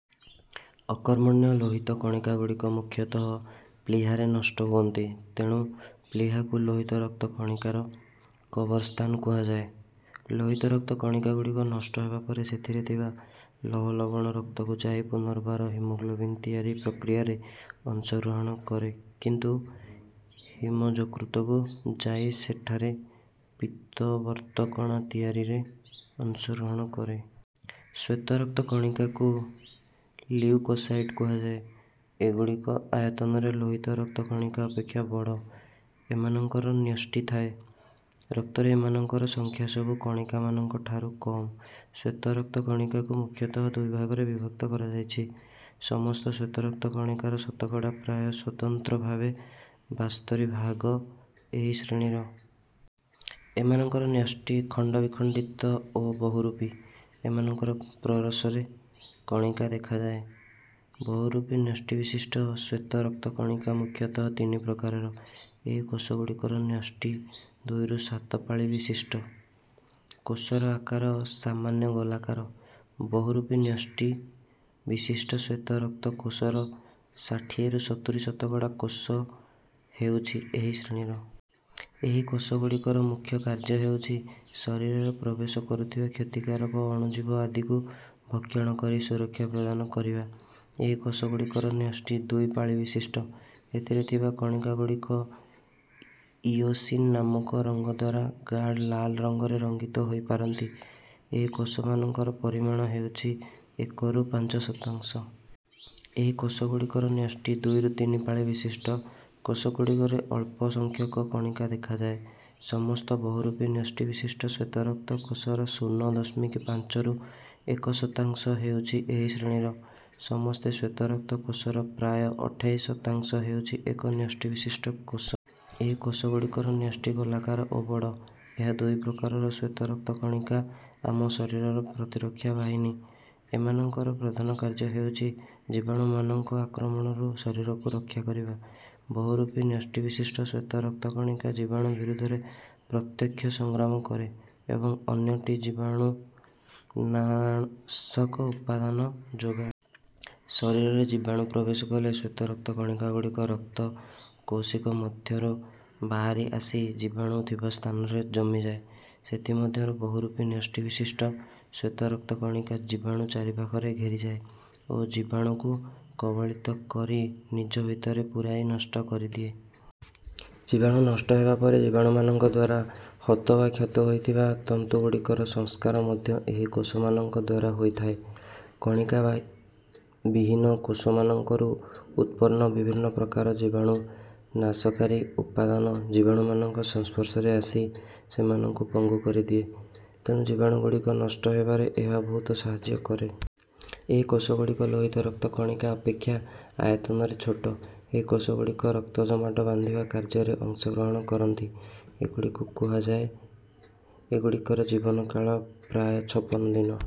ଅକର୍ମଣ୍ୟ ଲୋହିତ କଣିକାଗୁଡ଼ିକ ମୁଖ୍ୟତଃ ପ୍ଳୀହାରେ ନଷ୍ଟ ହୁଅନ୍ତି। ତେଣୁ ପ୍ଳୀହାକୁ ଲୋହିତରକ୍ତ କଣିକାର କବରସ୍ଥାନ କୁହାଯାଏ। ଲୋହିତରକ୍ତ କଣିକାଗୁଡ଼ିକ ନଷ୍ଟ ହେବାପରେ ସେଥିରେ ଥିବା ଲୌହଲବଣ ରକ୍ତକୁ ଯାଇ ପୁନର୍ବାର ହିମୋଗ୍ଲୋବିନ ତିଆରି ପ୍ରକ୍ରିୟାରେ ଅଂଶଗ୍ରହଣ କରେ କିନ୍ତୁ ହିମ ଯକୃତକୁ ଯାଇ ସେଠାରେ ପିତ୍ତ ବର୍ଣ୍ଣକଣା ତିଆରିରେ ଅଂଶଗ୍ରହଣ କରେ। ଶ୍ୱେତ ରକ୍ତ କଣିକାକୁ ଲିଉକୋସାଇଟ କୁହାଯାଏ। ଏଗୁଡ଼ିକ ଆୟତନରେ ଲୋହିତ ରକ୍ତ କଣିକା ଅପେକ୍ଷା ବଡ଼। ଏମାନଙ୍କର ନ୍ୟଷ୍ଟି ଥାଏ। ରକ୍ତରେ ଏମାନଙ୍କର ସଂଖ୍ୟାସବୁ କଣିକାମାନଙ୍କ ଠାରୁ କମ। ଶ୍ୱେତ ରକ୍ତ କଣିକାକୁ ମୁଖ୍ୟତଃ ଦୁଇ ଭାଗରେ ବିଭକ୍ତ କରାଯାଇଛି ସମସ୍ତ ଶ୍ୱେତ ରକ୍ତ କଣିକାର ଶତକଡ଼ା ପ୍ରାୟ ସ୍ୱତନ୍ତ୍ର ଭାବେ ବାସ୍ତରି ଭାଗ ଏହି ଶ୍ରେଣୀର। ଏମାନଙ୍କର ନ୍ୟଷ୍ଟି ଖଣ୍ଡବିଖଣ୍ଡିତ ଓ ବହୁରୂପୀ। ଏମାନଙ୍କର ପ୍ରରସ ରେ କଣିକା ଦେଖାଯାଏ। ବହୁରୂପୀ ନ୍ୟଷ୍ଟିବିଶିଷ୍ଟ ଶ୍ୱେତ ରକ୍ତ କଣିକା ମୁଖ୍ୟତଃ ତିନି ପ୍ରକାରର ଏହି କୋଷଗୁଡ଼ିକର ନ୍ୟଷ୍ଟି ଦୁଇରୁ ସାତ ପାଳି ବିଶିଷ୍ଟ। କୋଷର ଆକାର ସାମାନ୍ୟ ଗୋଲାକାର। ବହୁରୂପୀ ନ୍ୟଷ୍ଟି ବିଶିଷ୍ଟ ଶ୍ୱେତ ରକ୍ତ କୋଷର ଷାଠିଏରୁ ସତୁରି ଶତକଡ଼ା କୋଷ ହେଉଛି ଏହି ଶ୍ରେଣୀର। ଏହି କୋଷଗୁଡ଼ିକର ମୁଖ୍ୟ କାର୍ଯ୍ୟ ହେଉଛି ଶରୀରରେ ପ୍ରବେଶ କରୁଥିବା କ୍ଷତିକାରକ ଅଣୁଜୀବ ଆଦିକୁ ଭକ୍ଷଣ କରି ସୁରକ୍ଷା ପ୍ରଦାନ କରିବା। ଏହିକୋଷଗୁଡ଼ିକର ନ୍ୟଷ୍ଟି ଦୁଇ ପାଳି ବିଶିଷ୍ଟ। ଏଥିରେ ଥିବା କଣିକାଗୁଡ଼ିକ ଇଓସିନ ନାମକ ରଙ୍ଗଦ୍ୱାରା ଗାଢ଼ ଲାଲ ରଙ୍ଗରେ ରଙ୍ଗିତ ହୋଇପାରନ୍ତି। ଏହି କୋଷମାନଙ୍କର ପରିମାଣ ହେଉଛି ଏକରୁ ପାଞ୍ଚ ଶତାଂଶ। ଏହି କୋଷଗୁଡ଼ିକର ନ୍ୟଷ୍ଟି ଦୁଇରୁ ତିନି ପାଳି ବିଶିଷ୍ଟ। କୋଷଗୁଡ଼ିକରେ ଅଳ୍ପ ସଂଖ୍ୟକ କଣିକା ଦେଖାଯାଏ। ସମସ୍ତ ବହୁରୂପୀ ନ୍ୟଷ୍ଟିବିଶିଷ୍ଟ ଶ୍ୱେତରକ୍ତ କୋଷର ଶୂନ ଦଶମିକ ପାଞ୍ଚରୁ ଏକ ଶତାଂଶ ହେଉଛି ଏହି ଶ୍ରେଣୀର। ସମସ୍ତ ଶ୍ୱେତ ରକ୍ତ କୋଷର ପ୍ରାୟ ଅଠେଇଶ ଶତାଂଶ ହେଉଛି ଏକ ନ୍ୟଷ୍ଟିବିଶିଷ୍ଟ କୋଷ। ଏହି କୋଷଗୁଡ଼ିକର ନ୍ୟଷ୍ଟି ଗୋଲାକାର ଓ ବଡ଼। ଏହା ଦୁଇ ପ୍ରକାରର ଶ୍ୱେତ ରକ୍ତ କଣିକା ଆମ ଶରୀରର ପ୍ରତିରକ୍ଷା ବାହିନୀ। ଏମାନଙ୍କର ପ୍ରଧାନ କାର୍ଯ୍ୟ ହେଉଛି ଜୀବାଣୁମାନଙ୍କ ଆକ୍ରମଣରୁ ଶରୀରକୁ ରକ୍ଷା କରିବା। ବହୁରୂପୀ ନ୍ୟଷ୍ଟି ବିଶିଷ୍ଟ ଶ୍ୱେତ ରକ୍ତକଣିକା ଜୀବାଣୁ ବିରୁଦ୍ଧରେ ପ୍ରତ୍ୟକ୍ଷ ସଂଗ୍ରାମ କରେ ଏବଂ ଅନ୍ୟଟି ଜୀବାଣୁନାଶକ ଉପାଦାନ ଯୋଗାଏ। ଶରୀରରେ ଜୀବାଣୁ ପ୍ରବେଶ କଲେ ଶ୍ୱେତ ରକ୍ତ କଣିକାଗୁଡ଼ିକ ରକ୍ତ କୈଶିକ ମଧ୍ୟରୁ ବାହାରି ଆସି ଜୀବାଣୁ ଥିବା ସ୍ଥାନରେ ଜମିଯାଏ। ସେଥିମଧ୍ୟରୁ ବହୁରୂପୀ ନ୍ୟଷ୍ଟିବିଶିଷ୍ଟ ଶ୍ୱେତ ରକ୍ତ କଣିକା ଜୀବାଣୁ ଚାରିପାଖରେ ଘେରିଯାଏ ଓ ଜୀବାଣୁକୁ କବଳିତ କରି ନିଜ ଭିତରେ ପୁରାଇ ନଷ୍ଟ କରିଦିଏ। ଜୀବାଣୁ ନଷ୍ଟ ହେବାପରେ ଜୀବାଣୁମାନଙ୍କଦ୍ୱାରା ହତ ବା କ୍ଷତ ହୋଇଥିବା ତନ୍ତୁଗୁଡ଼ିକର ସଂସ୍କାର ମଧ୍ୟ ଏହି କୋଷମାନଙ୍କଦ୍ୱାରା ହୋଇଥାଏ। କଣିକାବିହୀନ କୋଷମାନଙ୍କରୁ ଉତ୍ପନ୍ନ ବିଭିନ୍ନ ପ୍ରକାର ଜୀବାଣୁ ନାଶକାରୀ ଉପାଦାନ ଜୀବାଣୁମାନଙ୍କ ସଂସ୍ପର୍ଶରେ ଆସି ସେମାନଙ୍କୁ ପଙ୍ଗୁ କରିଦିଏ। ତେଣୁ ଜୀବାଣୁଗୁଡ଼ିକ ନଷ୍ଟ ହେବାରେ ଏହା ବହୁତ ସାହାଯ୍ୟ କରେ। ଏହି କୋଷଗୁଡ଼ିକ ଲୋହିତ ରକ୍ତ କଣିକା ଅପେକ୍ଷା ଆତୟନରେ ଛୋଟ। ଏହି କୋଷଗୁଡ଼ିକ ରକ୍ତ ଜମାଟ ବାନ୍ଧିବା କାର୍ଯ୍ୟରେ ଅଂଶଗ୍ରହଣ କରନ୍ତି। ଏଗୁଡ଼ିକୁ କୁହାଯାଏ। ଏଗୁଡ଼ିକର ଜୀବନକାଳ ପ୍ରାୟ ଛପନ ଦିନ।